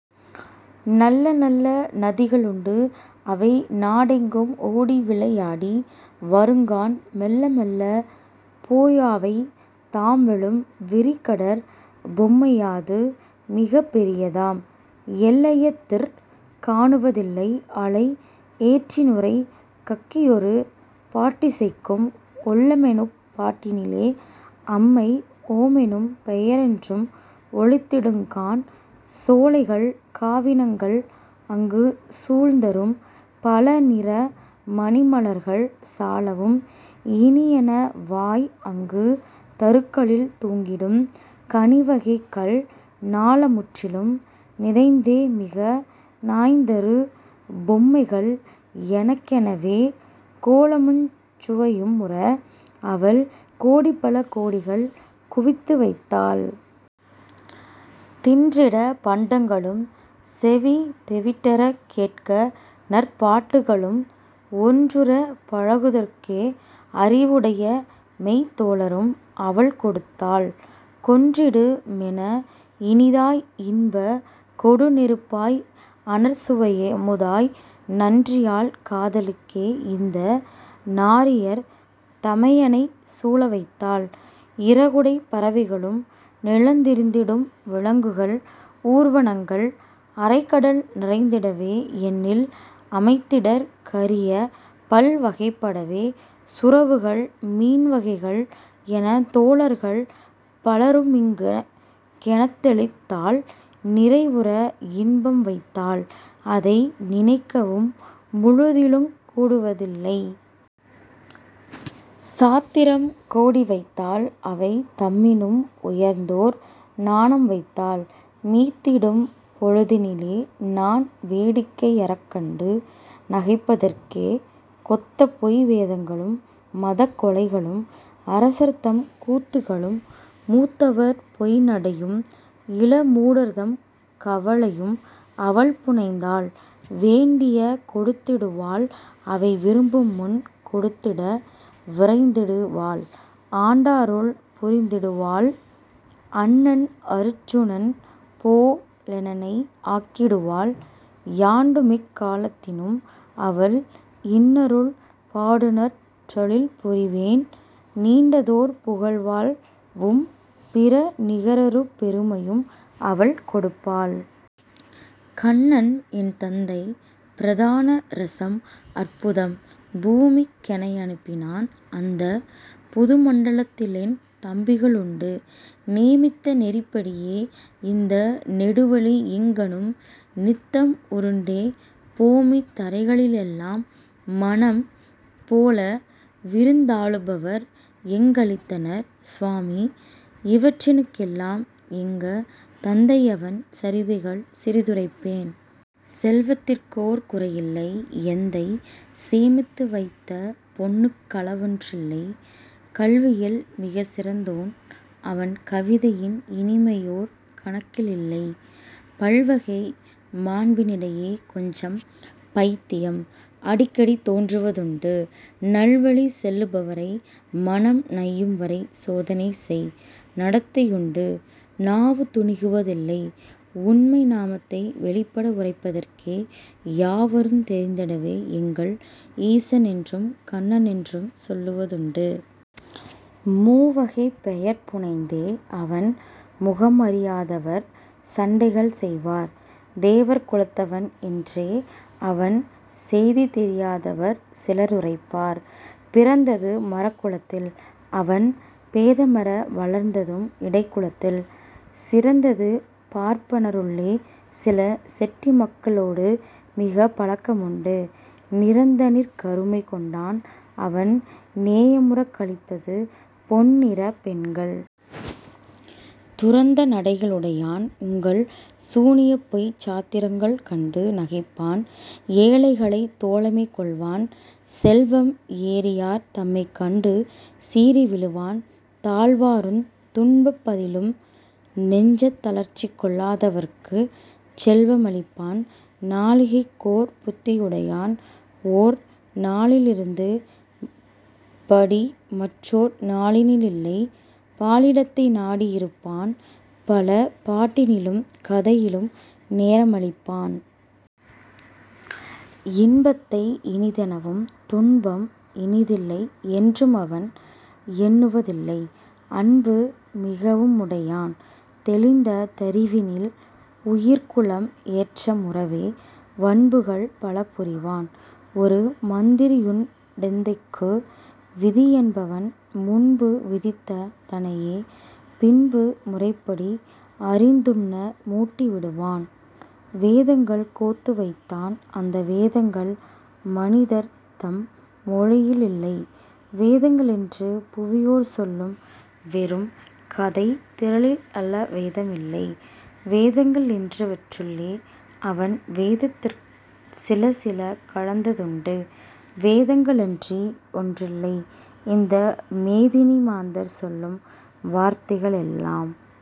நல்லநல்ல நதிகளுண்டு அவை நாடெங்கும் ஓடிவிளை யாடி வருங்காண்; மெல்ல மெல்லப் போயவை தாம் விழும் விரிகடற் பொம்மையது மிகப் பெரிதாம்; எல்லையதிற் காணுவ தில்லை; அலை எற்றிநுரை கக்கியொரு பாட்டிசைக்கும்; ஒல்லெனுமப் பாட்டினிலே அம்மை ஓமெனும் பெயரென்றும் ஒலித்திடுங் காண். சோலைகள் காவினங் கள் அங்கு சூழ்தரும் பலநிற மணிமலர் கள் சாலவும் இனியன வாய் அங்கு தருக்களில் தூங்கிடும் கனிவகை கள் ஞாலமுற்றிலும் நிறைந் தே மிக நயந்தரு பொம்மைகள் எனக்கென வே; கோலமுஞ் சுவையு முற அவள் கோடிபல கோடிகள் குவித்துவைத் தாள். தின்றிடப் பண்டங்களும் செவி தெவிட்டறக் கேட்கநற் பாட்டுக்க ளும், ஒன்றுறப் பழகுதற் கே அறி வுடையமெய்த் தோழரும் அவள்கொடுத் தாள்; கொன்றிடு மெனஇனி தாய் இன்பக் கொடுநெருப் பாய் அனற் சுவையமு தாய், நன்றியல் காதலுக் கே இந்த நாரியர் தமையெனைச் சூழவைத் தாள். இறகுடைப் பறவைக ளும் நிலந் திரிந்திடும் விலங்குகள் ஊர்வனங்கள் அறைகடல் நிறைந்திட வே எண்ணில் அமைத்திடற் கரியபல் வகைப்பட வே சுறவுகள் மீன்வகை கள் எனத் தோழர்கள் பலருமிங் கெனக்களித் தாள்; நிறைவுற இன்பம்வைத் தாள்; அதை நினைக்கவும் முழுதிலுங் கூடுதில்லை. சாத்திரம் கோடி வைத்தாள்; அவை தம்மினும் உயர்ந்தோர் ஞானம் வைத்தாள்; மீத்திடும் பொழுதினி லே நான் வேடிக்கை யுறக்கண்டு நகைப்பதற் கே கோத்தபொய் வேதங்களும் மதக் கொலைகளும் அரசர்தம் கூத்துக்க ளும் மூத்தவர் பொய்ந்நடை யும் இள மூடர்தம் கவலையும் அவள்புனைந் தாள்; வேண்டிய கொடுத்திடு வாள்; அவை விரும்புமுன் கொடுத்திட விரைந்திடு வாள்; ஆண்டருள் புரிந்திடு வாள்; அண்ணன் அருச்சுனன் போலெனை ஆக்கிடு வாள்; யாண்டுமெக் காலத்தி னும் அவள் இன்னருள் பாடுநற் றெழில்புரி வேன்; நீண்டதொர் புகழ்வாழ் வும் பிற நிகரறு பெருமையும் அவள் கொடுப்பாள்.. கண்ணன் என் தந்தை ப்ரதான ரஸம் அற்புதம் பூமிக் கெனைய னுப்பி னான்; அந்தப் புதுமண்ட லத்திலென் தம்பிக ளுண்டு; நேமித்த நெறிப்படி யே இந்த நெடுவெளி யெங்கணும் நித்தம் உருண்டே போமித் தரைகளி லெல்லாம் மனம் போலவிருந் தாளுபவர் எங்க ளினத்தார், சாமி இவற்றினுக் கெல்லாம் எங்க தந்தையவன் சரிதைகள் சிறி துரைப்பேன். செல்வத்திற்கோர் குறையில்லை; எந்தை சேமித்து வைத்த பொன்னுக் களவொன் றில்லை; கல்வியில் மிகச் சிறந்தோன் அவன் கவிதையின் இனிமையொர் கணக்கி லில்லை; பல்வகை மாண்பி னிடையே கொஞ்சம் பயித்தியம் அடிக்கடி தோன்றுவ துண்டு; நல்வழி செல்லு பவரை மனம் நையும்வரை சோதனைசெய் நடத்தை யுண்டு. நாவு துணிகுவ தில்லை உண்மை நாமத்தை வெளிப்பட உரைப்பதற்கே; யாவருந் தெரிந்திடவே எங்கள் ஈசனென்றும் கண்ணனென்றும் சொல்லுவதுண்டு. மூவகைப் பெயர் புனைந்தே அவன் முகமறி யாதவர் சண்டைகள் செய்வார்; தேவர் குலத்தவன் என்றே அவன் செய்திதெரி யாதவர் சிலருரைப்பார்.. பிறந்தது மறக் குலத்தில்; அவன் பேதமற வளர்ந்ததும் இடைக்குலத்தில்; சிறந்தது பார்ப்பன ருள்ளே; சில செட்டிமக்க ளோடுமிகப் பழக்க முண்டு; நிறந்தனிற் கருமை கொண்டான்; அவன் நேயமுறக் களிப்பது பொன்னிறப் பெண்கள்! துறந்த நடைக ளுடையான்; உங்கள் சூனியப்பொய்ச் சாத்திரங்கள் கண்டு நகைப்பான். ஏழைகளைத் தோழமை கொள்வான்; செல்வம் ஏறியார் தமைக்கண்டு சீறி விழுவான்; தாழவருந் துன்ப மதிலும் நெஞ்சத் தளர்ச்சிகொள் ளாதவார்க்குச் செல்வ மளிப்பான்; நாழிகைக்கொர் புத்தி யுடையான்; ஒரு நாளிருந்த படிமற்றொர் நாளினி லில்லை. பாழிடத்தை நாடி யிருப்பான்; பல பாட்டினிலும் கதையிலும் நேரமழிப் பான். இன்பத்தை இனிதெனவும் துன்பம் இனிதில்லை யென்றுமவன் எண்ணுவ தில்லை; அன்பு மிகவு முடையான்; தெளிந் தறிவினில் உயிர்க்குலம் ஏற்ற முறவே, வன்புகள் பல புரிவான்; ஒரு மந்திரியுண் டெந்தைக்கு விதியென்பவன்; முன்பு விதித்த தனையே பின்பு முறைப்படி அறிந்துண்ண மூட்டி விடுவான். வேதங்கள் கோத்து வைத்தான் அந்த வேதங்கள் மனிதர்தம் மொழியி லில்லை; வேதங்க ளென்று புவியோர் சொல்லும் வெறுங்கதைத் திரளிலவ் வேதமில்லை; வேதங்க ளென்றவற் றுள்ளே அவன் வேதத்திற் சிலசில கலந்ததுண்டு; வேதங்க ளன்றி யொன்றில்லை இந்த மேதினி மாந்தர் சொலும் வார்த்தைக ளெல்லாம்.